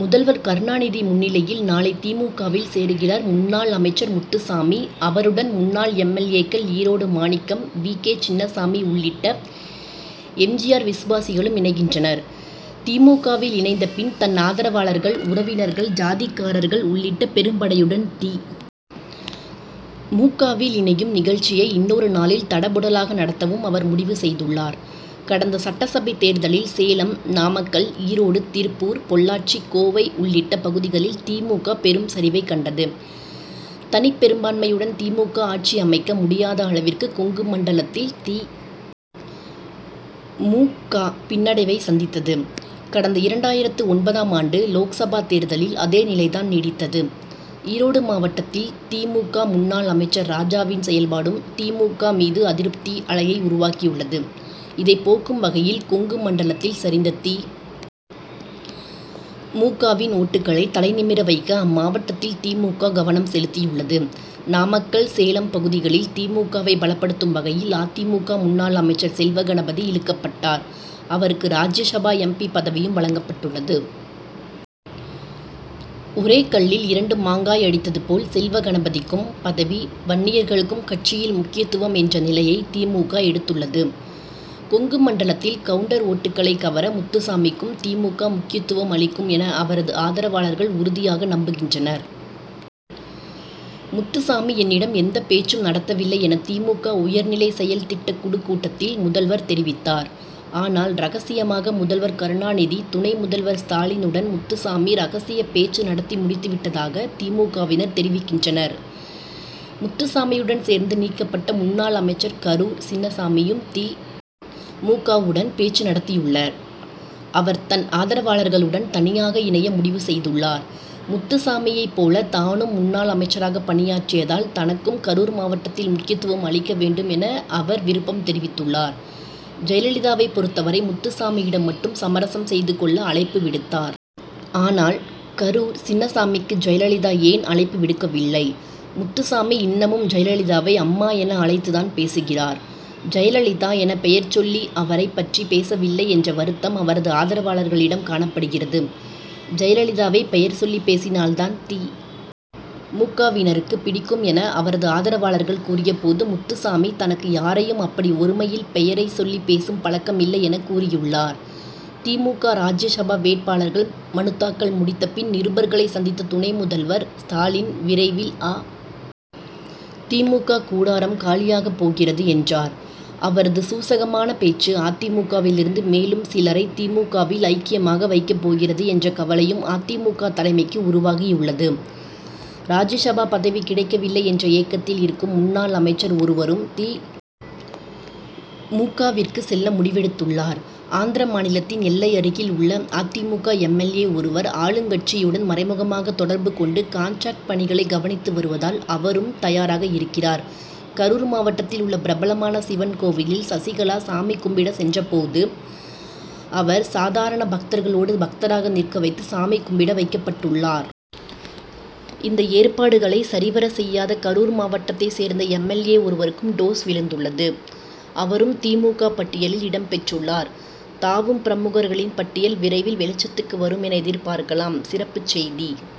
முதல்வர் கருணாநிதி முன்னிலையில் நாளை தி. மு. க.,வில் சேருகிறார் முன்னாள் அமைச்சர் முத்துசாமி. அவருடன் முன்னாள் எம். எல். ஏ.,க்கள் ஈரோடு மாணிக்கம், வி. கே. சின்னசாமி உள்ளிட்ட எம். ஜி. ஆர்., விசுவாசிகளும் இணைகின்றனர். தி. மு. க.,வில் இணைந்த பின், தன் ஆதரவாளர்கள், உறவினர்கள், ஜாதிக்காரர்கள் உள்ளிட்ட பெரும்படையுடன் தி. மு. க.,வில் இணையும் நிகழ்ச்சியை இன்னொரு நாளில் தடபுடலாக நடத்தவும் அவர் முடிவு செய்துள்ளார். கடந்த சட்டசபை தேர்தலில் சேலம், நாமக்கல், ஈரோடு, திருப்பூர், பொள்ளாச்சி, கோவை உள்ளிட்ட பகுதிகளில் தி. மு. க., பெரும் சரிவை கண்டது. தனிப்பெரும்பான்மையுடன் தி. மு. க., ஆட்சி அமைக்க முடியாத அளவிற்கு கொங்கு மண்டலத்தில் தி. மு. க., பின்னடைவை சந்தித்தது. கடந்த இரண்டாயிரத்து ஒன்பதாம் ஆண்டு லோக்சபா தேர்தலில் அதே நிலை தான் நீடித்தது. ஈரோடு மாவட்டத்தில் தி. மு. க., முன்னாள் அமைச்சர் ராஜாவின் செயல்பாடும் தி. மு. க., மீது அதிருப்தி அலையை உருவாக்கியுள்ளது. இதை போக்கும் வகையில், கொங்கு மண்டலத்தில் சரிந்த தி. மு. க.,வின் ஓட்டுக்களை தலை நிமிர வைக்க அம்மாவட்டத்தில் தி. மு. க., கவனம் செலுத்தியுள்ளது. நாமக்கல், சேலம் பகுதிகளில் தி. மு. க.,வை பலப்படுத்தும் வகையில் அ. தி. மு. க., முன்னாள் அமைச்சர் செல்வகணபதி இழுக்கப்பட்டார். அவருக்கு ராஜ்யசபா எம். பி., பதவியும் வழங்கப்பட்டுள்ளது. ஒரே கல்லில் இரண்டு மாங்காய் அடித்தது போல் செல்வகணபதிக்கும் பதவி, வன்னியர்களுக்கும் கட்சியில் முக்கியத்துவம் என்ற நிலையை தி. மு. க., எடுத்துள்ளது. கொங்கு மண்டலத்தில் கவுண்டர் ஓட்டுக்களை கவர முத்துசாமிக்கும் தி. மு. க., முக்கியத்துவம் அளிக்கும் என அவரது ஆதரவாளர்கள் உறுதியாக நம்புகின்றனர். முத்துசாமி என்னிடம் எந்த பேச்சும் நடத்தவில்லை' என தி. மு. க., உயர்நிலை செயல்திட்டக் குழுக் கூட்டத்தில் முதல்வர் தெரிவித்தார். ஆனால், ரகசியமாக முதல்வர் கருணாநிதி, துணை முதல்வர் ஸ்டாலினுடன் முத்துசாமி ரகசிய பேச்சு நடத்தி முடித்து விட்டதாக தி. மு. க.,வினர் தெரிவிக்கின்றனர். முத்துசாமியுடன் சேர்த்து நீக்கப்பட்ட முன்னாள் அமைச்சர் கரூர் சின்னசாமியும் தி. மு. க.,வுடன் பேச்சு நடத்தியுள்ளார். அவர் தன் ஆதரவாளர்களுடன் தனியாக இணைய முடிவு செய்துள்ளார். முத்துசாமியை போல தானும் முன்னாள் அமைச்சராக பணியாற்றியதால் தனக்கும் கரூர் மாவட்டத்தில் முக்கியத்துவம் அளிக்க வேண்டும் என அவர் விருப்பம் தெரிவித்துள்ளார். ஜெயலலிதாவை பொருத்தவரை, முத்துசாமியிடம் மட்டும் சமரசம் செய்துக் கொள்ள அழைப்பு விடுத்தார். ஆனால், கரூர் சின்னசாமிக்கு ஜெயலலிதா ஏன் அழைப்பு விடுக்கவில்லை. முத்துசாமி இன்னமும் ஜெயலலிதாவை அம்மா' என அழைத்து தான் பேசுகிறார். ஜெயலலிதா என பெயர் சொல்லி அவரை பற்றி பேசவில்லை என்ற வருத்தம் அவரது ஆதரவாளர்களிடம் காணப்படுகிறது. ஜெயலலிதாவை பெயர் சொல்லி பேசினால் தான் தி. மு. க.,வினருக்கு பிடிக்கும் என அவரது ஆதரவாளர்கள் கூறியபோது, முத்துசாமி தனக்கு யாரையும் அப்படி ஒருமையில் பெயரை சொல்லி பேசும் பழக்கம் இல்லை' எனக் கூறியுள்ளார். தி. மு. க., ராஜ்யசபா வேட்பாளர்கள் மனுத்தாக்கல் முடித்த பின் நிருபர்களை சந்தித்த துணை முதல்வர் ஸ்டாலின் விரைவில் அ. தி. மு. க., கூடாராம் காலியாகப் போகிறது' என்றார். அவரது சூசகமான பேச்சு, அ. தி. மு. க., விலிருந்து மேலும் சிலரை தி. மு. க.,வில் ஐக்கியமாக வைக்கப் போகிறது என்ற கவலையும் அ. தி. மு. க., தலைமைக்கு உருவாகியுள்ளது. ராஜ்யசபா பதவி கிடைக்க வில்லை என்ற ஏக்கத்தில் இருக்கும் முன்னாள் அமைச்சர் ஒருவரும் தி. மு. க.,விற்கு செல்ல முடிவெடுத்துள்ளார். ஆந்திரா மாநிலத்தின் எல்லை அருகில் உள்ள அ. தி. மு. க., எம். எல். ஏ., ஒருவர் ஆளுங்கட்சியுடன் மறைமுகமாக தொடர்பு கொண்டு கான்ட்ராக்ட் பணிகளை கவனித்து வருவதால் அவரும் தயாராக இருக்கிறார். கரூர் மாவட்டத்தில் உள்ள பிரபலமான சிவன் கோவிலில் சசிகலா சாமி கும்பிட சென்ற போது அவர் சாதாரண பக்தர்களோடு பக்தராக நிற்க வைத்து சாமி கும்பிட வைக்கப்பட்டுள்ளார். இந்த ஏற்பாடுகளை சரிவர செய்யாத கரூர் மாவட்டத்தை சேர்ந்த எம். எல். ஏ., ஒருவருக்கும் டோஸ்' விழுந்துள்ளது. அவரும் தி. மு. க., பட்டியலில் இடம் பெற்றுள்ளார். தாவும் பிரமுகர்களின் பட்டியல் விரைவில் வெளிச்சத்துக்கு வரும் என எதிர்பார்க்கலாம். சிறப்புச் செய்தி -